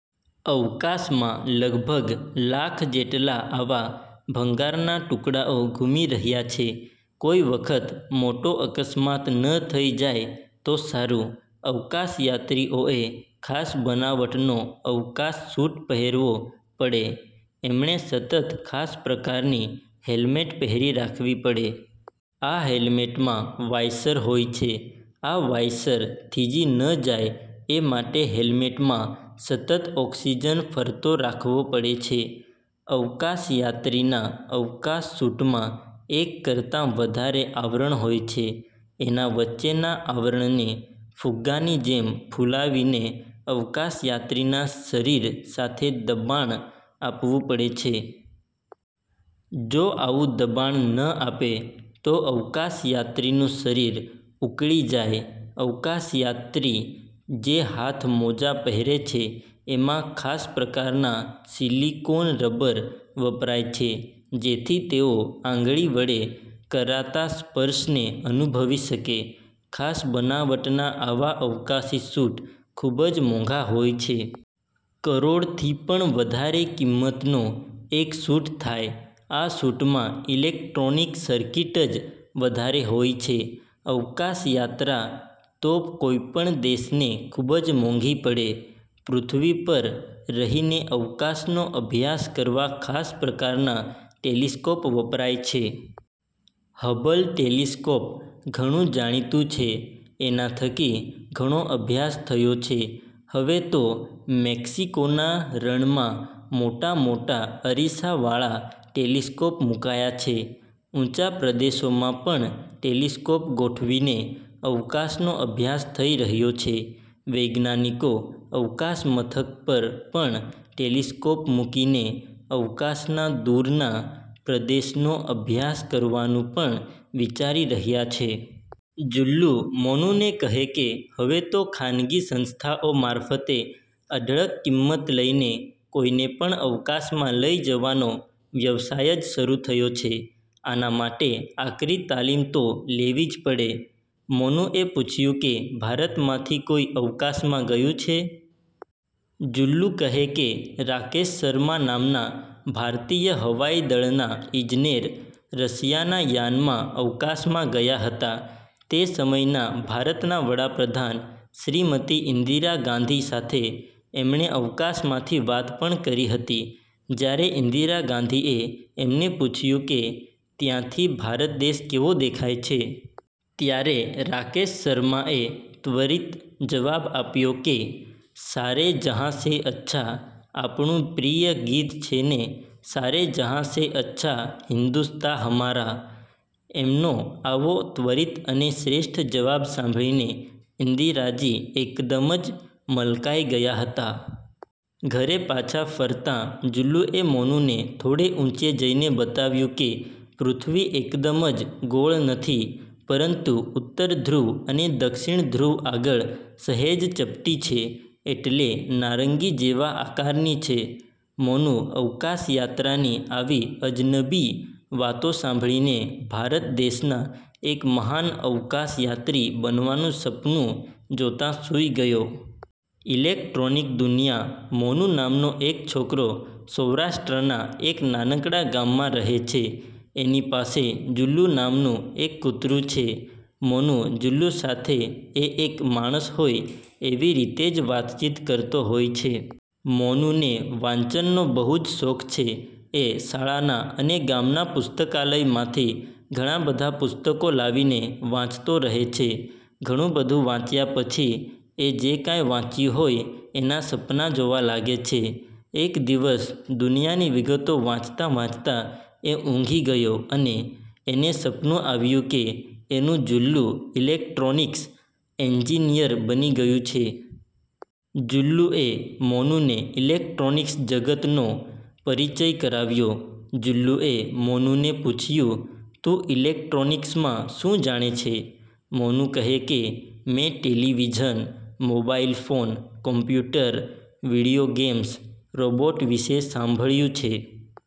અવકાશમાં લગભગ લાખ જેટલા આવા ભંગારના ટુકડાઓ ઘૂમી રહ્યા છે. કોઈ વખત મોટો અકસ્માત ન થઇ જાય તો સારું! અવકાશયાત્રીઓએ ખાસ બનાવટનો અવકાશ સુટ પહેરવો પડે. એમણે સતત ખાસ પ્રકારની હેલ્મેટ પહેરી રાખવી પડે. આ હેલ્મેટમાં વાઈસર હોય છે।. આ વાઈસર થીજી ન જાય એ માટે હેલ્મેટમાં સતત ઓક્સીજન ફરતો રાખવો પડે છે. અવકાશયાત્રીના અવકાશ સુટમાં એક કરતાં વધારે આવરણ હોય છે. એના વચ્ચેના આવરણને ફુગ્ગાની જેમ ફુલાવીને અવકાશયાત્રીના શરીર સાથે દબાણ આપવું પડે છે. જો આવું દબાણ ન આપે તો અવકાશયાત્રીનું શરીર ઉકળી જાય. અવકાશયાત્રી જે હાથ મોજાં પહેરે છે એમાં ખાસ પ્રકારના સીલીકોન રબર વપરાય છે જેથી તેઓ આંગળી વડે કરાતા સ્પર્શને અનુભવી શકે. ખાસ બનાવટના આવા અવકાશી સુટ ખુબ જ મોંઘા હોય છે. કરોડથી પણ વધારે કિંમતનો એક સુટ થાય! આ સુટ માં ઈલેક્ટ્રોનિક સર્કીટ જ વધારે હોય છે. અવકાશયાત્રા તો કોઈ પણ દેશને ખુબ જ મોંઘી પડે. પૃથ્વી પર રહીને અવકાશનો અભ્યાસ કરવા ખાસ પ્રકારના ટેલીસ્કોપ વપરાય છે. હબલ ટેલીસ્કોપ ઘણું જાણીતું છે. એના થકી ઘણો અભ્યાસ થયો છે. હવે તો મેક્સિકોના રણમાં મોટા મોટા અરીસા વાળા ટેલીસ્કોપ મુકાયા છે. ઊંચા પ્રદેશોમાં પણ ટેલીસ્કોપ ગોઠવીને અવકાશનો અભ્યાસ થઇ રહ્યો છે. વૈજ્ઞાનિકો અવકાશ મથક પર પણ ટેલીસ્કોપ મુકીને અવકાશના દુરના પ્રદેશનો અભ્યાસ કરવાનું પણ વિચારી રહ્યા છે. જુલ્લુ મોનુને કહે કે હવે તો ખાનગી સંસ્થાઓ મારફતે અઢળક કિંમત લઈને કોઈને પણ અવકાશમાં લઇ જવાનો વ્યવસાય જ શરુ થયો છે. આના માટે આકરી તાલીમ તો લેવી જ પડે. મોનુએ પૂછ્યું કે ભારતમાંથી કોઈ અવકાશમાં ગયું છે? જુલ્લુ કહે કે રાકેશ શર્મા નામના ભારતીય હવાઈદળના ઈજનેર રશિયાના યાનમાં અવકાશમાં ગયા હતા. તે સમયના ભારતના વડાપ્રધાન શ્રીમતી ઇન્દિરા ગાંધી સાથે એમણે અવકાશમાંથી વાત પણ કરી હતી. જયારે ઇન્દિરા ગાંધીએ એમને પૂછ્યું કે "ત્યાંથી ભારત દેશ કેવો દેખાય છે? " ત્યારે રાકેશ શર્માએ ત્વરિત જવાબ આપ્યો કે, "સારે જહાં સે અચ્છા... ". આપણું પ્રિય ગીત છે ને? "સારે જહાં સે અચ્છા હિંદુસ્તા હમારા... ". એમનો આવો ત્વરિત અને શ્રેષ્ઠ જવાબ સાંભળીને ઈન્દિરાજી એકદમ જ મલકાઈ ગયાં હતાં. ઘરે પાછા ફરતાં જુલ્લુએ મોનુને થોડે ઉંચે જઈને બતાવ્યું કે પૃથ્વી એકદમ જ ગોળ નથી પરંતુ ઉત્તર ધ્રુવ અને દક્ષિણ ધ્રુવ આગળ સહેજ ચપટી છે એટલે નારંગી જેવા આકારની છે! મોનુ અવકાશ યાત્રાની આવી અજનબી વાતો સાંભળીને ભારત દેશના એક મહાન અવકાશ યાત્રી બનવાનું સપનું જોતાં સુઈ ગયો. ઈલેક્ટ્રોનિક દુનિયા મોનુ નામનો એક છોકરો સૌરાષ્ટ્રના એક નાનકડા ગામમાં રહે છે. એની પાસે જુલ્લુ નામનું એક કૂતરું છે. મોનુ જુલ્લુ સાથે એ એક માણસ હોય એવી રીતે જ વાતચીત કરતો હોય છે. મોનુને વાંચનનો બહુ જ શોખ છે. એ શાળાના અને ગામના પુસ્તકાલયમાંથી ઘણાં બધાં પુસ્તકો લાવીને વાંચતો રહે છે. ઘણું બધું વાંચ્યા પછી એ જે કાંઈ વાંચ્યું હોય એનાં સપનાં જોવા લાગે છે. એક દિવસ દુનિયાની વિગતો વાંચતાં વાંચતાં એ ઊંઘી ગયો અને એને સપનું આવ્યું કે એનું જુલ્લુ ઇલેક્ટ્રોનીક્સ એન્જીનીયર બની ગયું છે! જુલ્લુએ મોનુને ઇલેક્ટ્રોનીક્સ જગતનો પરિચય કરાવ્યો. જુલ્લુએ મોનુને પૂછ્યું: "તું ઈલેક્ટ્રોનિકસમાં શું જાણે છે? " મોનુ કહે કે, "મેં television, mobile phone, computer, video games, robot વિષે સાંભળ્યું છે.